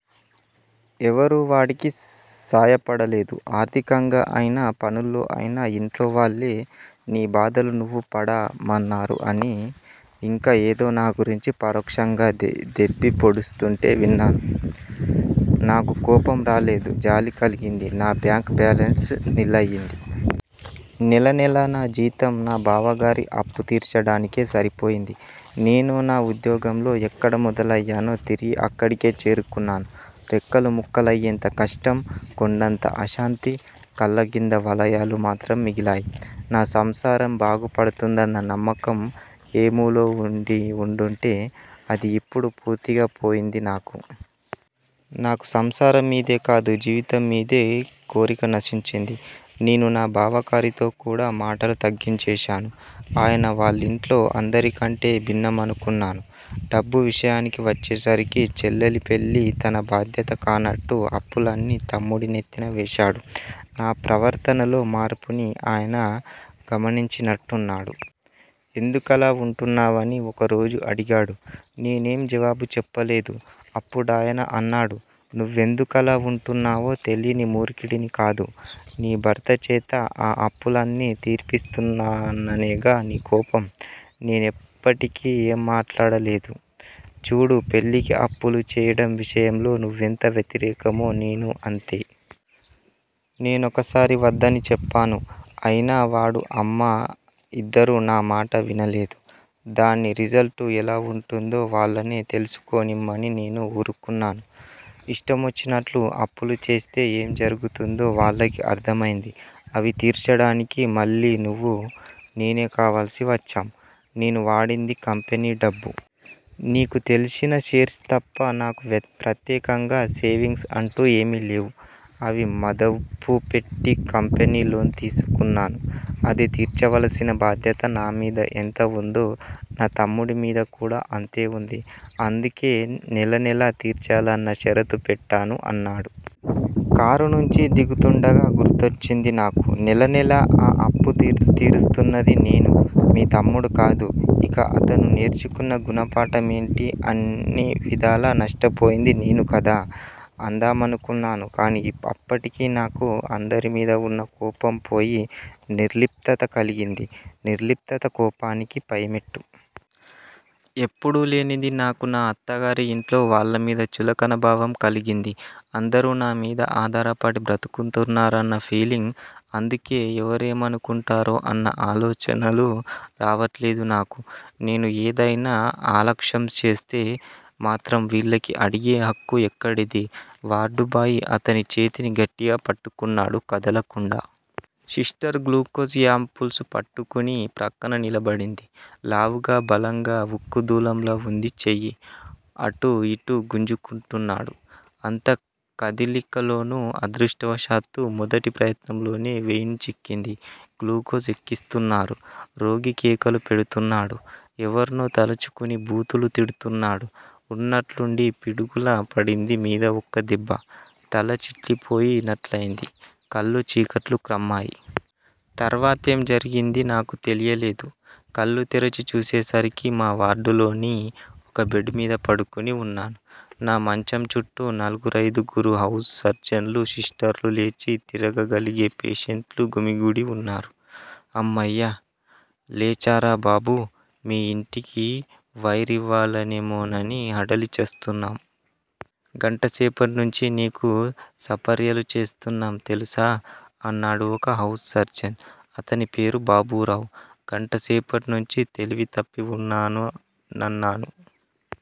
ఎవరూ వాడికి సాయపడలేదు. ఆర్థికంగా అయినా, పనుల్లో అయినా ఇంట్లో వాళ్ళే 'నీ బాధలు నువ్వు పడ' మన్నారు అని ఇంకా ఏదో నా గురించి పరోక్షంగా దెప్పి పొడుస్తుంటే విన్నాను. నాకు కోపం రాలేదు. జాలి కలిగింది. నా బ్యాంక్ బ్యాలెన్స్ నిల్ అయ్యింది. నెల నెలా నా జీతం నా బావగారి అప్పు తీర్చడానికే సరిపోయింది. నేను నా ఉద్యోగంలో ఎక్కడ మొదలయ్యానో తిరిగి అక్కడికే చేరుకున్నాను. రెక్కలు ముక్కలయ్యేంత కష్టం. కొండంత అశాంతి, కళ్ళకింద వలయాలు మాత్రం మిగిలాయి. నా సంసారం బాగుపడుతుందన్న నమ్మకం ఏమూలో వుండి వుండుంటే అది ఇప్పుడు పూర్తిగా పోయింది నాకు. నాకు సంసారం మీదే కాదు, జీవితం మీదే కోరిక నశించింది. నేను నా బావగారితో కూడా మాటలు తగ్గించేశాను. ఆయన వాళ్ళింట్లో అందరికంటే భిన్నమనుకున్నాను. డబ్బు విషయానికి వచ్చేసరికి చెల్లెలి పెళ్ళి తన బాధ్యత కానట్టు అప్పులన్నీ తమ్ముడి నెత్తిన వేశాడు. నా ప్రవర్తనలో మార్పుని ఆయన గమనించినట్టున్నాడు. ఎందుకలా వుంటున్నావని ఒక రోజు అడిగాడు. నేనేం జవాబు చెప్పలేదు. అప్పుడాయన అన్నాడు- నువ్వెందుకలా వుంటున్నావో తెలీని మూర్ఖుడిని కాదు. నీ భర్తచేత ఆ అప్పులన్నీ తీర్పిస్తున్నాననేగా నీ కోపం? నేనప్పటికీ ఏం మాట్లాడలేదు. చూడు పెళ్ళికి అప్పులు చేయడం విషయంలో నువ్వెంత వ్యతిరేకమో నేనూ అంతే. నేనొకసారి వద్దని చెప్పాను. అయినా వాడు, అమ్మ, ఇద్దరూ నా మాట వినలేదు. దాని రిజల్టు ఎలా వుంటుందో వాళ్ళనే తెలుసుకోనిమ్మని నేనూ వూరుకున్నాను. ఇష్టమొచ్చినట్లు అప్పులు చేస్తే ఏం జరుగుతుందో వాళ్ళకి అర్థమైంది. అవి తీర్చడానికి మళ్ళీ నువ్వు, నేనే కావలసి వచ్చాం. నేను వాడింది కంపెనీ డబ్బు. నీకు తెల్సిన 'షేర్స్' తప్ప నాకు ప్రత్యేకంగా సేవింగ్స్ అంటూ ఏమీలేవు. అవి మదుపు పెట్టి కంపెనీ లోన్ తీసుకున్నాను. అది తీర్చవలసిన బాధ్యత నా మీద ఎంత వుందో, నా తమ్ముడి మీద కూడా అంతేవుంది. అందుకే నెలనెలా తీర్చాలన్న షరతు పెట్టాను అన్నాడు. కారునుంచి దిగుతుండగా గుర్తొచ్చింది నాకు. నెల నెలా ఆ తప్పు తీరుస్తున్నది నేను. మీ తమ్ముడు కాదు. ఇక అతను నేర్చుకున్న గుణపాఠమేంటి? అన్ని విధాలా నష్టపోయింది నేను కదా! అందామనుకున్నాను కానీ అప్పటికే నాకు అందరిమీదా వున్న కోపం పోయి నిర్లిప్తత కలిగింది. నిర్లిప్తత కోపానికి పైమెట్టు. ఎప్పుడూ లేనిది నాకు నా అత్తగారి ఇంట్లో వాళ్ళమీద చులకనభావం కలిగింది. అందరూ నా మీద ఆధారపడి బ్రతుకుతున్నారన్న ఫీలింగ్. అందుకే ఎవరేమనుకుంటారో అన్న ఆలోచనలు రావట్లేదు నాకు. నేను ఏదైనా అలక్ష్యంచేస్తే మాత్రం వీళ్ళకి అడిగే హక్కు ఎక్కడిది? వార్డుబాయ్ అతని చేతిని గట్టిగా పట్టుకున్నాడు, కదలకుండా. సిస్టర్ గ్లూకోజ్ యాంపుల్స్ పట్టుకుని ప్రక్కన నిలబడింది. లావుగా, బలంగా, ఉక్కు దూలంగా వుంది చెయ్యి. అటూ యిటూ గింజుకుంటున్నాడు. అంత కదిలికలోనూ అదృష్టవశాత్తూ మొదటి ప్రయత్నంలోనే వెయిన్ చిక్కింది. గ్లూకోజ్ ఎక్కిస్తున్నారు. రోగి కేకలు పెడుతున్నాడు. ఎవర్నో తలుచుకుని బూతులు తిడుతున్నాడు. ఉన్నట్లుండి పిడుగులా పడింది మీద ఒక దెబ్బ, తల చిట్లిపోయి నట్లయింది, కళ్ళు చీకట్లు క్రమ్మాయి. తర్వాతేం జరిగిందీ నాకు తెలియలేదు. కళ్ళు తెరచి చూసేసరికి మా వార్డులోనే ఒక బెడ్ మీద పడుకుని వున్నాను. నా మంచం చుట్టూ నలుగురయిదుగురు హౌస్ సర్జన్లూ, సిస్టర్లూ, లేచి తిరగ గలిగే పేషెంట్లూ గుమిగూడి వున్నారు. హమ్మయ్య! లేచారా బాబూ! మీ యింటికి వైర్ ఇవ్వాలేమోనని హడలి చస్తున్నాం. గంటసేపట్నుంచీ నీకు సపర్యలు చేస్తున్నాం, తెలుసా? అన్నాడు ఒక హౌస్ సర్జన్. అతని పేరు బాబూరావు. గంటసేపట్నుంచీ తెలివి తప్పి వున్నానా? అన్నాను,